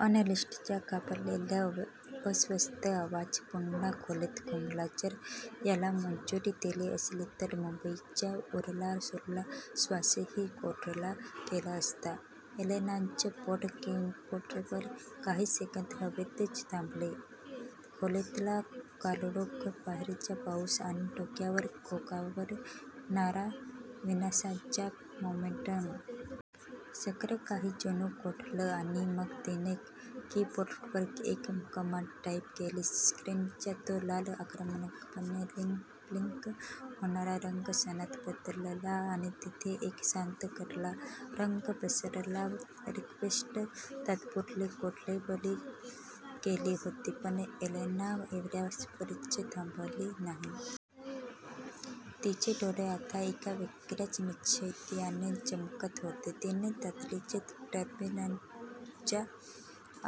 अनॅलिस्टचा घाबरलेला, अस्वस्थ आवाज पुन्हा खोलीत घुमला, जर याला मंजुरी दिली असती, तर मुंबईचा उरलासुरला श्वासही कोंडला गेला असता. एलेनाचं बोट कीबोर्डवर काही सेकंद हवेतच थांबलं. खोलीतला काळोख, बाहेरचा पाऊस आणि डोक्यावर घोंघावणारा विनाशाचा मोमेंटम. सगळं काही जणू गोठलं आणि मग, तिने कीबोर्डवर एक कमांड टाईप केली. स्क्रीनचा तो लाल, आक्रमकपणे ब्लिंक होणारा रंग क्षणात बदलला आणि तिथे एक शांत, करडा रंग पसरला. रिक्वेस्ट तात्पुरती गोठवली गेली होती, पण एलेना एवढ्यावरच थांबली नाही. तिचे डोळे आता एका वेगळ्याच निश्चयाने चमकत होते. तिने तातडीने टर्मिनलच्या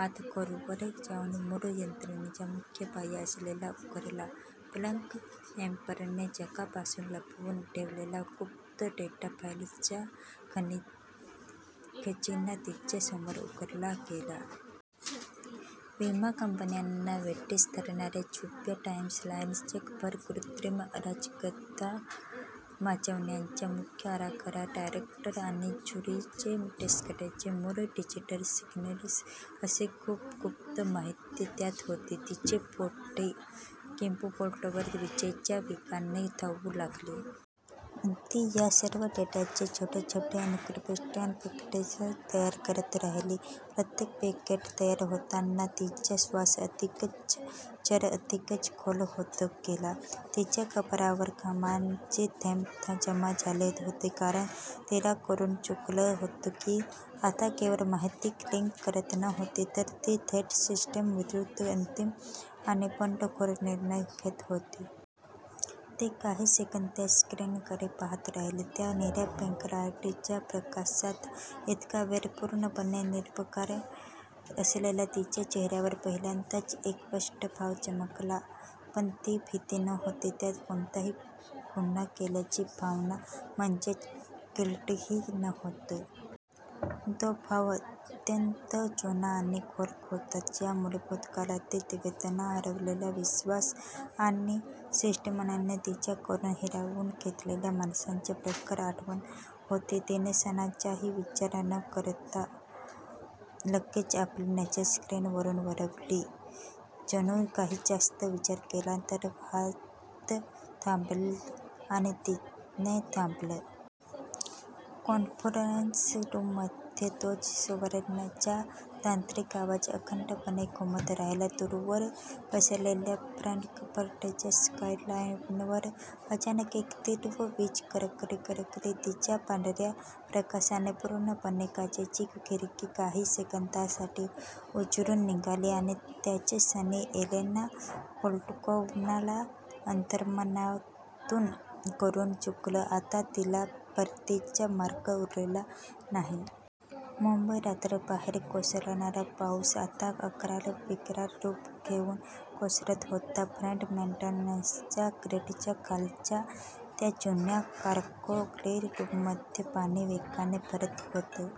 आत खोलवर जाऊन मूळ यंत्रणेचा मुख्य पाया असलेला उघडला. 'ब्लॅक एम्बर'ने जगापासून लपवून ठेवलेला गुप्त डेटा फाईल्सचा खजिना तिच्या समोर उघडला गेला. विमा कंपन्यांना वेठीस धरणाऱ्या छुप्या टाईम लाईन्स, जगभर कृत्रिम अराजकता माजवण्याचा मुख्य आराखडा, डायरेक्टर आणि झुरिच डेस्कचे मूळ डिजिटल सिग्नल्स अशी खूप गुप्त माहिती त्यात होती. तिची बोटे कीबोर्डवर विजेच्या वेगाने धावू लागली. ती या सर्व डेटाचे छोटे छोटे एन्क्रिप्टेड पैकेट्स तयार करत राहिली. प्रत्येक पॅकेट तयार होताना तिचा श्वास अधिकच जड, अधिकच खोल होत गेला. तिच्या कपाळावर घामाचे थेंब जमा झाले होते. कारण, तिला कळून चुकलं होतं की ती आता केवळ माहिती लीक करत नव्हती तर ती थेट सिस्टीम विरुद्ध अंतिम आणि बंडखोर निर्णय घेत होती. ती काही सेकंद त्या स्क्रीनकडे पाहत राहिली. त्या निळ्या बॅकलाईटच्या प्रकाशात, इतका वेळ पूर्णपणे निर्विकार असलेल्या तिच्या चेहऱ्यावर पहिल्यांदाच एक स्पष्ट भाव चमकला. पण ती भीती नव्हती. त्यात कोणताही गुन्हा केल्याची भावना, म्हणजेच गिल्टही नव्हतं. तो भाव अत्यंत जुना आणि खोल होता ज्यामध्ये भूतकाळातील वेदना, हरवलेला विश्वास आणि या सिस्टीमने तिच्याकडून हिरावून घेतलेल्या माणसांची प्रखर आठवण होती. तिने क्षणाचाही विचार न करता लगेच आपली नजर स्क्रीनवरून वळवली जणू काही जास्त विचार केला, तर हात थांबेल आणि तिने दाबलं. कॉन्फरन्स रूममध्ये तोच सर्व्हरचा यांत्रिक आवाज अखंडपणे घुमत राहिला. दूरवर पसरलेल्या फ्रँकफर्टच्या स्कायलाईनवर अचानक एक तीव्र वीज कडकडली, जिच्या पांढऱ्या प्रकाशाने संपूर्ण काचेची खिडकी काही सेकंदांसाठी उजळून निघाली आणि त्याच क्षणी, एलेना व्होल्कोव्हला अंतर्मनातून कळून चुकलं आता तिला परतीचा मार्ग उरलेला नाही. मुंबई, रात्र. बाहेर कोसळणारा पाऊस आता अक्राळविक्राळ रूप घेऊन कोसळत होता. फ्रेट मेन्टेनन्स ग्रीडच्या खालच्या त्या जुन्या कार्गो रिले रूममध्ये पाणी वेगाने भरत होतं.